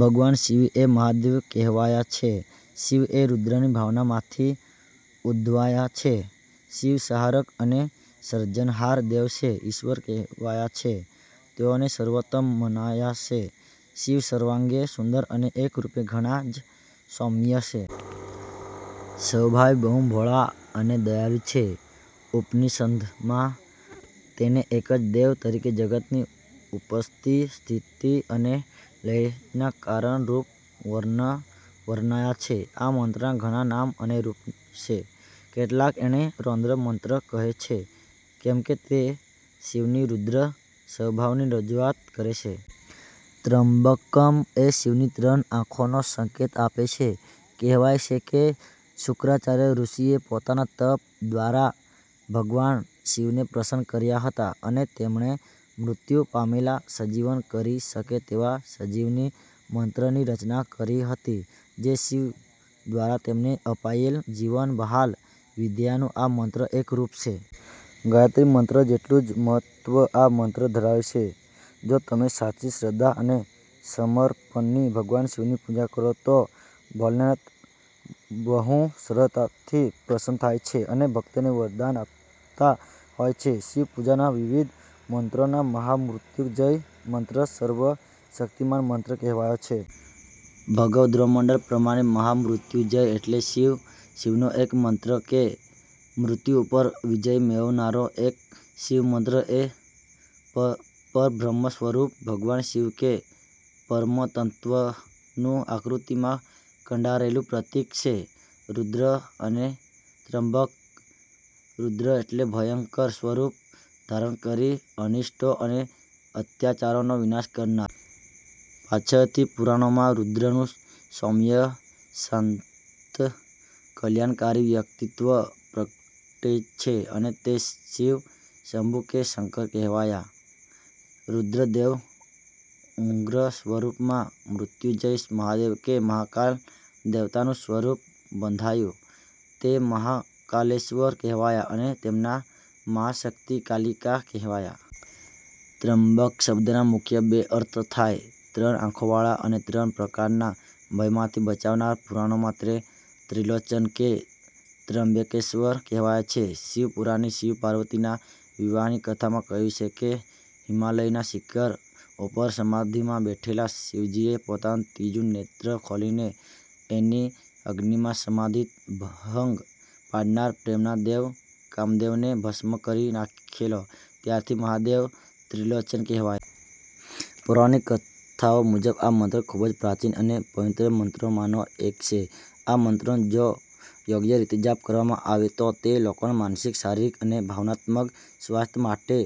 ભગવાન શિવ એ મહાદેવ કહેવાયા છે. શિવ એ રુદ્રની ભાવનામાંથી ઉદ્ભવ્યા છે. શિવ સંહારક અને સર્જનહાર દેવ કે ઈશ્વર કહેવાયા છે. તેઓને સર્વોત્તમ મનાયા છે. શિવ સર્વાંગે સુંદર અને એક રૂપે ઘણા જ સૌમ્ય છે. સ્વભાવે બહુ ભોળા અને દયાળુ છે. ઉપનિષદમાં તેને એક જ દેવ તરીકે જગતની ઉત્પત્તિ, સ્થિતિ અને લયના કારણ રૂપ વર્ણન વર્ણવ્યા છે. આ મંત્રના ઘણા નામ અને રૂપ છે. કેટલાક એને રૌદ્ર મંત્ર કહે છે કેમકે તે શિવની રૂદ્ર સ્વભાવની રજૂઆત કરે છે. ત્ર્યંબકમ એ શિવની ત્રણ આંખોનો સંકેત આપે છે. કહેવાય છે કે શુક્રાચાર્ય ઋષિએ પોતાના તપ દ્વારા ભગવાન શિવને પ્રસન્ન કર્યા હતા અને તેમણે મૃત્યુ પામેલાને સજીવન કરી શકે તેવા સંજીવની મંત્રની રચના કરી હતી જે શિવ દ્વારા તેમને અપાયેલ જીવન-બહાલ વિદ્યાનું આ મંત્ર એક રૂપ છે. ગાયત્રી મંત્ર જેટલું જ મહત્ત્વ આ મંત્ર ધરાવે છે. જો તમે સાચી શ્રદ્ધા અને સમર્પણથી ભગવાન શિવની પૂજા કરો તો ભોલેનાથ બહુ સરળતાથી પ્રસન્ન થાય છે અને ભક્તને વરદાન આપતા હોય છે. શિવપૂજાના વિવિધ મંત્રોમાં મહામૃત્યુંજય મંત્ર સર્વ શક્તિમાન મંત્ર કહેવાયો છે. ભગવદ્ગોમંડલ પ્રમાણે મહામૃત્યુંજય એટલે શિવ, શિવનો એક મંત્ર. એટલે કે મૃત્યુ ઉપર વિજય મેળવનારો એક શિવમંત્ર. એ પરબ્રહ્નસ્વરૂપ ભગવાન શિવ કે પરમતત્વનું આકૃતિમાં કંડારેલું પ્રતીક છે; રુદ્ર અને ત્રયંબક. 'રુદ્ર' એટલે ભયંકર સ્વરૂપ ધારણ કરી અનિષ્ટો અને અત્યાચારોનો વિનાશ કરનાર. પાછળથી પુરાણોમાં 'રુદ્ર'નું સૌમ્ય-શાન્ત કલ્યાણકારી વ્યક્તિત્વ પ્રગટે છે, અને તે 'શિવ', 'શંભુ' કે 'શંકર' કહેવાયા. રુદ્રદેવના ઉગ્ર સ્વરૂપમાંથી 'મૃત્યંજય મહાદેવ' કે 'મહાકાલ દેવતા'નું સ્વરૂપ બંધાયું. તે 'મહાકાલેશ્ર્વર' કહેવાયા અને તેમનાં મહાશક્તિ 'કાલિકા' કહેવાયા. 'ત્રયંબક' શબ્દના મુખ્ય બે અર્થ થાય: ત્રણ આંખોવાળા અને ત્રણ પ્રકારના ભયમાંથી બચાવનાર. પુરાણોમાં તે 'ત્રિલોચન' કે 'ત્રયંબકેશ્ર્વર' કહેવાયા છે. શિવપુરાણની શિવ-પાર્વતીના વિવાહની કથામાં કહ્યું છે કે હિમાલયના શિખર ઉપર સમાધિમાં બેઠેલા શિવજીએ પોતાનું ત્રીજું નેત્ર ખોલીને એની અગ્નિમાં સમાધિમાં ભંગ પાડનાર પ્રેમના દેવ કામદેવને ભસ્મ કરી નાખેલો; ત્યારથી મહાદેવ 'ત્રિલોચન' કહેવાયા. પૌરાણિક કથાઓ મુજબ આ મંત્ર ખૂબ જ પ્રાચીન અને પવિત્ર મંત્રોમાંનો એક છે. આ મંત્રનો જો યોગ્ય રીતે જાપ કરવામાં આવે તો તે લોકોના માનસિક, શારીરિક અને ભાવનાત્મક સ્વાસ્થય માટે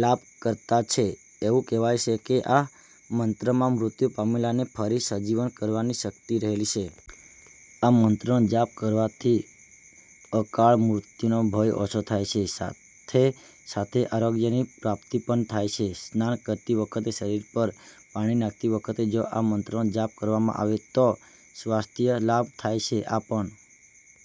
લાભકર્તા છે. એવું કહેવાય છે કે આ મંત્રમાં મૃત્યુ પામેલાને ફરી સજીવન કરવાની શક્તિ રહેલી છે. આ મંત્રનો જાપ કરવાથી અકાળ મૃત્યુનો ભય ઓછો થાય છે સાથે સાથે આરોગ્યની પ્રાપ્તિ પણ થાય છે. સ્નાન કરતી વખતે શરીર પર પાણી નાંખતી વખતે જો આ મંત્રનો જાપ કરવામાં આવે તો સ્વાસ્થ્ય લાભ થાય છે. આ પણ